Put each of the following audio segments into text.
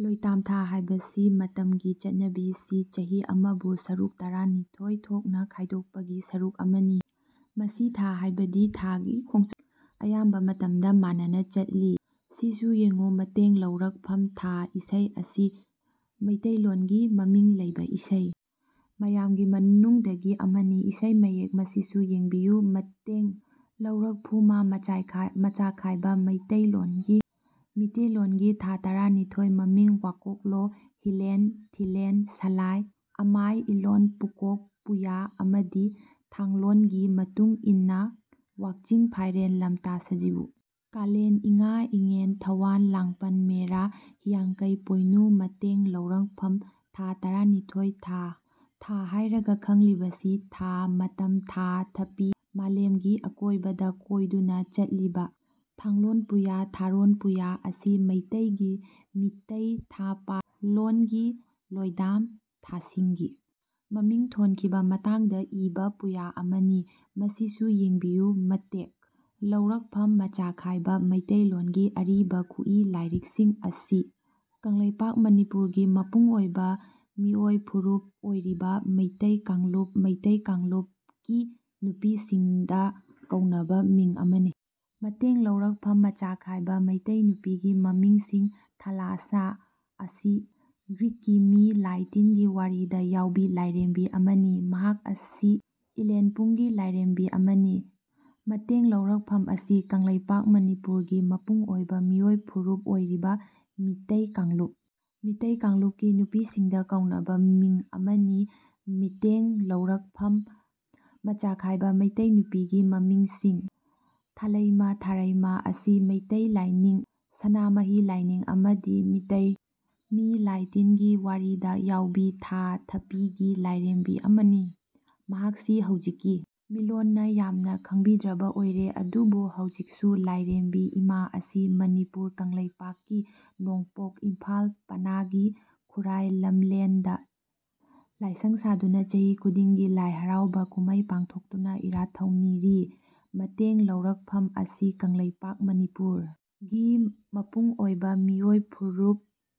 ꯂꯣꯢꯇꯥꯝ ꯊꯥ ꯍꯥꯢꯕꯁꯤ ꯃꯇꯝꯒꯤ ꯆꯠꯅꯕꯤꯁꯤ ꯆꯍꯤ ꯑꯃꯕꯨ ꯁꯔꯨꯛ ꯇꯔꯥꯅꯤꯊꯣꯏ ꯊꯣꯛꯅ ꯈꯥꯢꯗꯣꯛꯄꯒꯤ ꯁꯔꯨꯛ ꯑꯃꯅꯤ꯫ ꯃꯁꯤ ꯊꯥ ꯍꯥꯢꯕꯗꯤ ꯊꯥꯒꯤ ꯈꯣꯡꯆꯠ ꯑꯌꯥꯝꯕ ꯃꯇꯝꯗ ꯃꯥꯟꯅꯅ ꯆꯠꯂꯤ꯫ ꯁꯤꯁꯨ ꯌꯦꯡꯉꯨ ꯃꯇꯦꯡ ꯂꯧꯔꯛꯐꯝ ꯊꯥ ꯏꯁꯩ ꯑꯁꯤ ꯃꯤꯇꯩꯂꯣꯟꯒꯤ ꯃꯃꯤꯡ ꯂꯩꯕ ꯏꯁꯩ ꯃꯌꯥꯝꯒꯤ ꯃꯅꯨꯡꯗꯒꯤ ꯑꯃꯅꯤ꯫ ꯏꯁꯩ ꯃꯌꯦꯛ ꯃꯁꯤꯁꯨ ꯌꯦꯡꯕꯤꯌꯨ ꯃꯇꯦꯡ ꯂꯧꯔꯛꯐꯨꯃ ꯃꯆꯥꯏ ꯃꯆꯥꯈꯥꯏꯕ ꯃꯤꯇꯩꯂꯣꯟꯒꯤ ꯃꯤꯇꯦꯏꯂꯣꯟꯒꯤ ꯊꯥ ꯇꯥꯔꯥꯅꯤꯊꯣꯏ ꯃꯃꯤꯡ ꯋꯥꯀꯣꯛꯂꯣꯟ ꯍꯤꯂꯦꯜ ꯊꯤꯂꯦꯜ ꯁꯥꯂꯥꯏ ꯑꯃꯥꯏ ꯏꯂꯣꯟ ꯄꯨꯀꯣꯛ ꯄꯨꯌꯥ ꯑꯃꯗꯤ ꯊꯥꯡꯂꯣꯟ ꯒꯤ ꯃꯇꯨꯡ ꯏꯟꯅ꯫ ꯋꯥꯛꯆꯤꯡ ꯐꯥꯏꯔꯦꯜ ꯂꯝꯇꯥ ꯁꯥꯖꯤꯕꯨ ꯀꯥꯂꯦꯟ ꯏꯉꯥ ꯏꯉꯦꯟ ꯊꯧꯋꯥꯟ ꯂꯥꯡꯄꯟ ꯃꯦꯔꯥ ꯍꯤꯌꯥꯡꯀꯩ ꯄꯣꯏꯅꯨ ꯃꯇꯦꯡ ꯂꯧꯔꯛꯐꯝ ꯊꯥ ꯇꯔꯥꯅꯤꯊꯣꯏ ꯊꯥ ꯍꯥꯢꯔꯒ ꯈꯪꯂꯤꯕꯁꯤ ꯊꯥ (ꯃꯇꯝ) ꯊꯥ (ꯊꯄꯤ)- ꯃꯂꯦꯝꯒꯤ ꯑꯀꯣꯏꯕꯗ ꯀꯣꯏꯗꯨꯅ ꯆꯠꯂꯤꯕ꯫ "ꯊꯥꯂꯣꯟ ꯄꯨꯌꯥ" (ꯊꯥꯔꯣꯟ ꯄꯨꯌꯥ) ꯑꯁꯤ ꯃꯤꯇꯩꯒꯤ ꯃꯤꯇꯩ ꯊꯥꯄꯥꯂꯣꯟꯒꯤ ꯂꯣꯢꯗꯥꯝ ꯊꯥꯁꯤꯡꯒꯤ ꯃꯃꯤꯡ ꯊꯣꯟꯈꯤꯕ ꯃꯇꯥꯡꯗ ꯏꯕ ꯄꯨꯌꯥ ꯑꯃꯅꯤ꯫ ꯃꯁꯤꯁꯨ ꯌꯦꯡꯕꯤꯌꯨ ꯃꯇꯦꯛ ꯂꯧꯔꯛꯐꯝ ꯃꯆꯥꯈꯥꯏꯕ ꯃꯤꯇꯩꯂꯣꯟꯒꯤ ꯑꯔꯤꯕ ꯈꯨꯠꯏ ꯂꯥꯢꯔꯤꯛꯁꯤꯡ ꯃꯁꯤ ꯀꯪꯂꯩꯄꯥꯛ (ꯃꯅꯤꯄꯨꯔ) ꯒꯤ ꯃꯄꯨꯡ ꯑꯣꯢꯕ ꯃꯤꯑꯣꯢ ꯐꯨꯔꯨꯞ ꯑꯣꯢꯔꯤꯕ ꯃꯤꯇꯩ ꯀꯥꯡꯂꯨꯞ (ꯃꯩꯇꯩ ꯀꯥꯡꯂꯨꯞ) ꯀꯤ ꯅꯨꯄꯤꯁꯤꯡꯗ ꯀꯧꯅꯕ ꯃꯤꯡ ꯑꯃꯅꯤ꯫ ꯃꯇꯦꯡ ꯂꯧꯔꯛꯐꯝ ꯃꯆꯥꯈꯥꯏꯕ:ꯃꯤꯇꯩ ꯅꯨꯄꯤꯒꯤ ꯃꯃꯤꯡꯁꯤꯡ ꯊꯥꯂꯥꯁꯁꯥ ꯑꯁꯤ ꯒ꯭ꯔꯤꯛꯀꯤ ꯃꯤ ꯂꯥꯢ ꯇꯤꯟꯒꯤ ꯋꯥꯔꯤꯗ ꯌꯥꯎꯕꯤ ꯂꯥꯢꯔꯦꯝꯕꯤ ꯑꯃꯅꯤ꯫ ꯃꯍꯥꯛ ꯑꯁꯤ ꯏꯂꯦꯟꯄꯨꯡꯒꯤ ꯂꯥꯢꯔꯦꯝꯕꯤ ꯑꯃꯅꯤ꯫ ꯃꯇꯦꯡ ꯂꯧꯔꯛꯐꯝ ꯃꯁꯤ ꯀꯪꯂꯩꯄꯥꯛ (ꯃꯅꯤꯄꯨꯔ) ꯒꯤ ꯃꯄꯨꯡ ꯑꯣꯢꯕ ꯃꯤꯑꯣꯢ ꯐꯨꯔꯨꯞ ꯑꯣꯢꯔꯤꯕ ꯃꯤꯇꯩ ꯀꯥꯡꯂꯨꯞ ꯃꯩꯇꯩ ꯀꯥꯡꯂꯨꯞꯀꯤ ꯅꯨꯄꯤꯁꯤꯡꯗ ꯀꯧꯅꯕ ꯃꯤꯡ ꯑꯃꯅꯤ꯫ ꯃꯤꯇꯦꯡ ꯂꯧꯔꯛꯐꯝ ꯃꯆꯥꯈꯥꯏꯕ ꯃꯤꯇꯩ ꯅꯨꯄꯤꯒꯤ ꯃꯃꯤꯡꯁꯤꯡ ꯊꯥꯂꯩꯃ (ꯊꯥꯔꯩꯃ) ꯑꯁꯤ ꯃꯤꯇꯩ ꯂꯥꯢꯅꯤꯡ (ꯁꯅꯥꯃꯍꯤ ꯂꯥꯏꯅꯤꯡ) ꯑꯃꯗꯤ ꯃꯤꯇꯩ ꯃꯤ ꯂꯥꯢ ꯇꯤꯟꯒꯤ ꯋꯥꯔꯤꯗ ꯌꯥꯎꯕꯤ ꯊꯥ (ꯊꯄꯤ)ꯒꯤ ꯂꯥꯢꯔꯦꯝꯕꯤ ꯑꯃꯅꯤ꯫ ꯃꯍꯥꯛꯁꯤ ꯍꯧꯖꯤꯛꯀꯤ ꯃꯤꯂꯣꯜꯅ ꯌꯥꯝꯅ ꯈꯪꯕꯤꯗ꯭ꯔꯕ ꯑꯣꯢꯔꯦ꯫ ꯑꯗꯨꯕꯨ ꯍꯧꯖꯤꯛꯁꯨ ꯂꯥꯢꯔꯦꯝꯕꯤ ꯏꯃꯥ ꯑꯁꯤ ꯃꯅꯤꯄꯨꯔ (ꯀꯪꯂꯩꯄꯥꯛ) ꯀꯤ ꯅꯣꯡꯄꯣꯛ ꯏꯝꯐꯥꯜ ꯄꯅꯥꯒꯤ ꯈꯨꯔꯥꯢ ꯂꯝꯂꯦꯟꯗ ꯂꯥꯢꯁꯪ ꯁꯥꯗꯨꯅ ꯆꯍꯤ ꯈꯨꯗꯤꯡꯒꯤ ꯂꯥꯢ ꯍꯔꯥꯎꯕ ꯀꯨꯝꯃꯩ ꯄꯥꯡꯊꯣꯛꯇꯨꯅ ꯏꯔꯥꯠ ꯊꯧꯅꯤꯔꯤ꯫ ꯃꯇꯦꯡ ꯂꯧꯔꯛꯐꯝ ꯃꯁꯤ ꯀꯪꯂꯩꯄꯥꯛ (ꯃꯅꯤꯄꯨꯔ) ꯒꯤ ꯃꯄꯨꯡ ꯑꯣꯢꯕ ꯃꯤꯑꯣꯢ ꯐꯨꯔꯨꯞ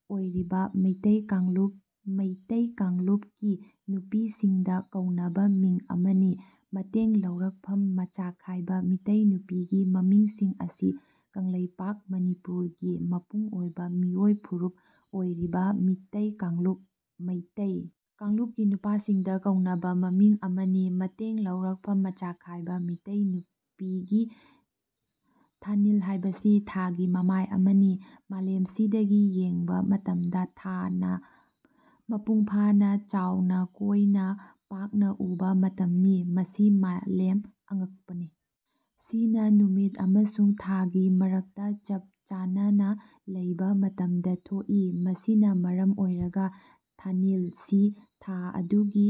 ꯑꯣꯢꯔꯤꯕ ꯃꯤꯇꯩ ꯀꯥꯡꯂꯨꯞ (ꯃꯩꯇꯩ ꯀꯥꯡꯂꯨꯞ) ꯀꯤ ꯅꯨꯄꯤꯁꯤꯡꯗ ꯀꯧꯅꯕ ꯃꯤꯡ ꯑꯃꯅꯤ꯫ ꯃꯇꯦꯡ ꯂꯧꯔꯛꯐꯝ ꯃꯆꯥꯈꯥꯏꯕ ꯃꯤꯇꯩ ꯅꯨꯄꯤꯒꯤ ꯃꯃꯤꯡꯁꯤꯡ ꯃꯁꯤ ꯀꯪꯂꯩꯄꯥꯛ (ꯃꯅꯤꯄꯨꯔ) ꯒꯤ ꯃꯄꯨꯡ ꯑꯣꯢꯕ ꯃꯤꯑꯣꯢ ꯐꯨꯔꯨꯞ ꯑꯣꯢꯔꯤꯕ ꯃꯤꯇꯩ ꯀꯥꯡꯂꯨꯞ (ꯃꯩꯇꯩ) ꯀꯥꯡꯂꯨꯞ ꯀꯤ ꯅꯨꯄꯥꯁꯤꯡꯗ ꯀꯧꯅꯕ ꯃꯃꯤꯡ ꯑꯃꯅꯤ꯫ ꯃꯇꯦꯡ ꯂꯧꯔꯛꯐꯝ ꯃꯆꯥꯈꯥꯏꯕ ꯃꯤꯇꯩ ꯅꯨꯄꯤꯒꯤ ꯃꯃꯤꯡꯁꯤꯡ ꯊꯥꯅꯤꯜ ꯍꯥꯏꯕꯁꯤ ꯊꯥꯒꯤ ꯃꯃꯥꯏ ꯑꯃꯅꯤ ꯃꯂꯦꯝ ꯁꯤꯗꯒꯤ ꯌꯦꯡꯕ ꯃꯇꯝꯗ ꯊꯥ ꯅꯥ ꯃꯄꯨꯡ ꯐꯥꯅꯥ ꯆꯥꯎꯅꯥ ꯀꯣꯏꯅꯥ ꯄꯥꯛꯅꯥ ꯎꯕ ꯃꯇꯝꯅꯤ꯫ ꯃꯁꯤ ꯃꯥꯂꯦꯝ ꯑꯉꯛꯄꯅꯤ ꯁꯤ ꯅꯥ ꯅꯨꯃꯤꯠ ꯑꯃꯁꯨꯡ ꯊꯥꯒꯤ ꯃꯔꯛꯇꯥ ꯆꯞ ꯆꯥꯅꯥ ꯂꯩꯕ ꯃꯇꯝꯗ ꯊꯣꯛ ꯏ꯫ ꯃꯁꯤꯅꯥ ꯃꯔꯝ ꯑꯣꯏꯔꯒ ꯊꯥꯅꯤꯜ ꯁꯤ ꯊꯥ ꯑꯗꯨꯒꯤ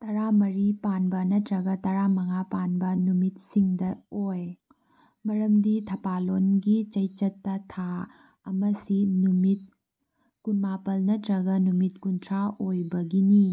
ꯇꯔꯥꯃꯔꯤ ꯄꯥꯟꯕ ꯅꯠꯇ꯭ꯔꯒ ꯇꯔꯥꯃꯥꯉꯥ ꯄꯥꯟꯕ ꯅꯨꯃꯤꯠꯁꯤꯡꯗ ꯑꯣꯏ꯫ ꯃꯔꯝꯗꯤ ꯊꯄꯥꯂꯣꯟ ꯒꯤ ꯆꯩꯆꯠ ꯇꯥ ꯊꯥ ꯑꯃꯥꯁꯤ ꯅꯨꯃꯤꯠ ꯀꯨꯟꯃꯄꯥꯜ ꯅꯠꯇꯔꯒ ꯅꯨꯃꯤꯠ ꯀꯨꯟꯊꯔꯥ ꯑꯣꯏꯕꯒꯤꯅꯤ꯫